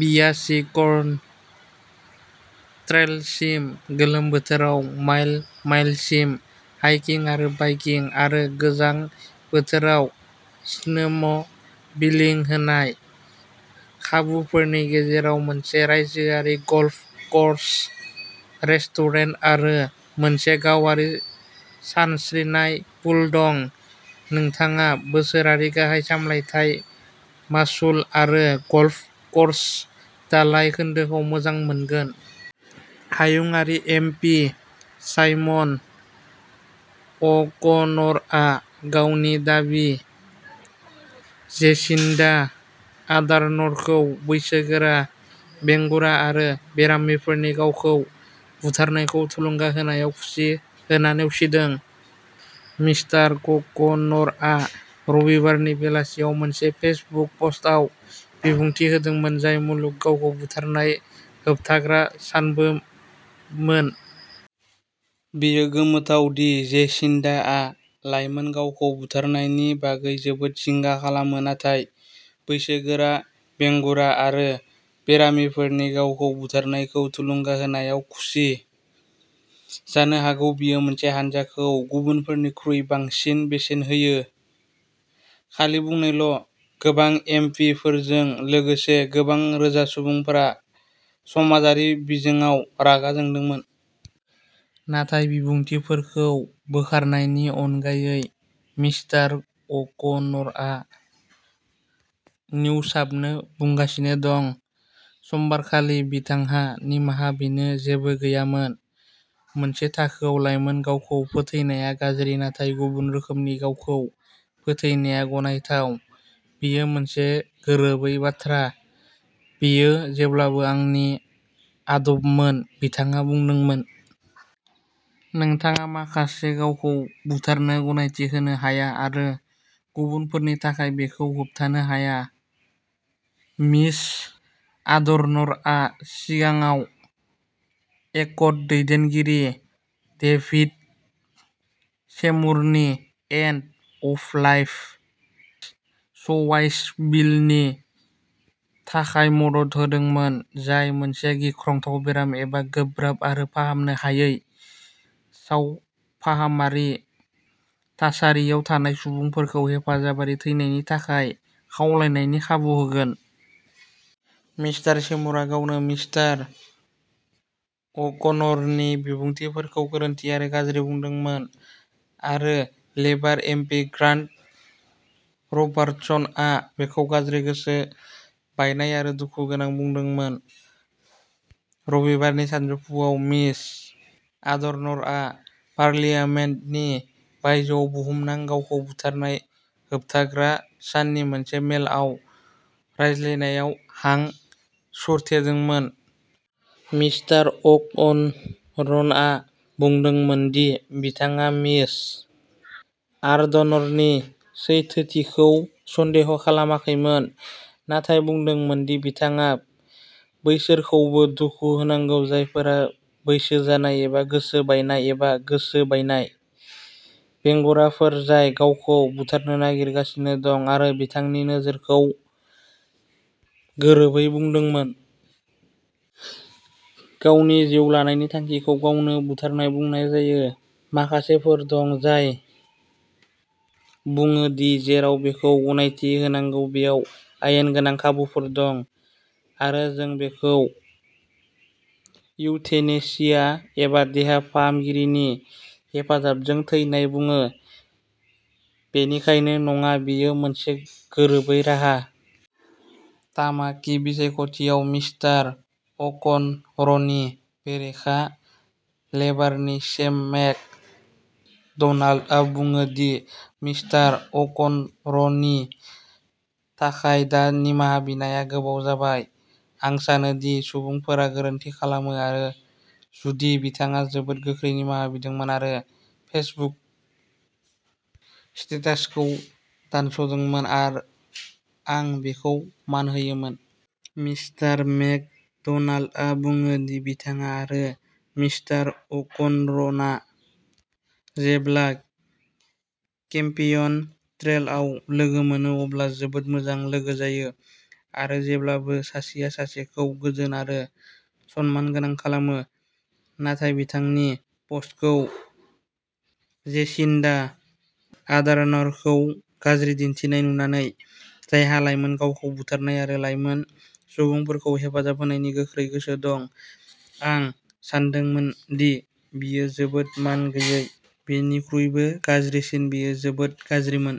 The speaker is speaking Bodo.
बियार्स्किन ट्रेलसिम-गोलोम बोथोराव माइल माइलसिम हाइकिं आरो बाइकिं आरो गोजां बोथोराव स्नोम' बिलिं होनाय। खाबुफोरनि गेजेराव मोनसे रायजोआरि गल्फ कर्स, रेस्टुरेन्ट आरो मोनसे गावारि सानस्रिनाय पुल दं। नोंथाङा बोसोरारि गाहाय सामलायथाय मासुल आरो गल्फ कर्स दालाय खोन्दोखौ मोजां मोनगोन। हायुंआरि एम पि साइमन अ'क'नरआ गावनि दाबि जेसिन्डा आर्डार्नखौ बैसोगोरा, बेंगुरा आरो बेरामिफोरनि गावखौ बुथारनायखौ थुलुंगा होनायाव खुसि होनना नेवसिदों। मिस्टार अ'क'नरआ रबिबारनि बेलासियाव मोनसे फेसबुक पस्टआव बिबुंथि होदोंमोन, जाय मुलुग गावखौ बुथारनाय होबथाग्रा सानबोमोन। बेयो गोमोथाव दि जेसिन्डाआ लाइमोन गावखौ बुथारनायनि बागै जोबोद जिंगा खालामो नाथाय बैसोगोरा, बेंगुरा आरो बेरामिफोरनि गावखौ बुथारनायखौ थुलुंगा होनायाव खुसि। जानो हागौ बियो मोनसे हानजाखौ गुबुनफोरनिख्रुइ बांसिन बेसेन होयो। खालि बुंनायल' गोबां एम पि फोरजों लोगोसे गोबां रोजा सुबुंफोरा समाजारि बिजोङाव रागा जोंदोंमोन। नाथाय बिबुंथिफोरखौ बोखारनायनि अनगायै मिस्टार अ'क'नरआ निउशाबनो बुंगासिनो दं। समबारखालि बिथांहा निमाहा बिनो जेबो गैयामोन। मोनसे थाखोआव लाइमोन गावखौ फोथैनाया गाज्रि, नाथाय गुबुन रोखोमनि गावखौ फोथैनाया गनायथाव, बेयो मोनसे गोरोबै बाथ्रा। बेयो जेब्लाबो आंनि आदबमोन, बिथाङा बुंदोंमोन। नोंथाङा माखासेखौ गावखौ बुथारनो गनायथि होनो हाया आरो गुबुनफोरनि थाखाय बेखौ होबथानो हाया। मिस आर्डर्नआ सिगाङाव एक्ट दैदेनगिरि डेभिड सेमुरनि एन्ड अफ लाइफ च्वाइस बिलनि थाखाय मदद होदोंमोन, जाय मोनसे गिख्रंथाव बेराम एबा गोब्राब आरो फाहामनो हायै सावफाहामारि थासारियाव थानाय सुबुंफोरखौ हेफाजाबारि थैनायनि थाखाय खावलायनायनि खाबु होगोन। मिस्टार सेमुरा गावनो मिस्टार अ'कन'रनि बिबुंथिफोरखौ गोरोन्थि आरो गाज्रि बुंदोंमोन, आरो लेबार एम पि ग्रान्ट रबार्टसनआ बेखौ गाज्रि, गोसो बायनाय आरो दुखुगोनां बुंदोंमोन। रबिबारनि सानजौफुआव मिस आर्डर्नआ पार्लियामेन्टनि बायजोआव बुहुमनां गावखौ बुथारनाय होबथाग्रा साननि मोनसे मेलआव रायज्लायनायाव हां सरथेदोंमोन। मिस्टार अ'कन'रना बुंदोंमोन दि बिथाङा मिस आर्डर्ननि सैथोथिखौ सन्देह खालामाखैमोन, नाथाय बुंदोंमोन दि बिथाङा बैसोरखौबो दुखु होनांगौ जायफोरा बैसो जानाय एबा गोसो बायनाय एबा गोसो बायनाय। बेंगुराफोर जाय गावखौ बुथारनो नागिरगासिनो दं, आरो बिथांनि नोजोरखौ गोरोबै बुंदोंमोन। गावनि जिउ लानायनि थांखिखौ गावखौ बुथारनाय बुंनाय जायो। माखासेफोर दं जाय बुङो दि जेराव बेखौ गनायथि होनांगौ बेयाव आयेन गोनां खाबुफोर दं, आरो जों बेखौ इउथेनेसिया एबा देहा फाहामगिरिनि हेफाजाबजों थैनाय बुङो। बेनिखायनो नङा, बेयो मोनसे गोरोबै राहा। तामाकी बिसायख'थियाव मिस्टार अ'कन'रनि बेरेखा, लेबारनि सेम मेक ड'नाल्डआ बुङो दि मिस्टार अ'कन'रनि थाखाय दा निमाहा बिनाया गोबाव जाबाय। आं सानो दि सुबुंफोरा गोरोन्थि खालामो, आरो जुदि बिथाङा जोबोद गोख्रै निमाहा बिदोंमोन आरो फेसबुक स्टेटासखौ दानस'दोंमोन, आं बेखौ मान होयोमोन। मिस्टार मेक ड'नाल्डआ बुङो दि बिथाङा आरो मिस्टार अ'कन'रना जेब्ला केम्पेइन ट्रेलआव लोगो मोनो अब्ला जोबोद मोजां लोगो जायो, आरो जेब्लाबो सासेया सासेखौ गोजोन आरो सनमानगोनां खालामो। नाथाय बिथांनि प'स्टखौ जेसिन्डा आर्डार्नखौ गाज्रि दिन्थिनाय नुनानै, जायहा लाइमोन गावखौ बुथारनाय आरो लाइमोन सुबुंफोरखौ हेफाजाब होनायनि गोख्रों गोसो दं, आं सानदोंमोन दि बेयो जोबोद मान गैयै। बेनिख्रुइबो गाज्रिसिन, बेयो जोबोद गाज्रिमोन।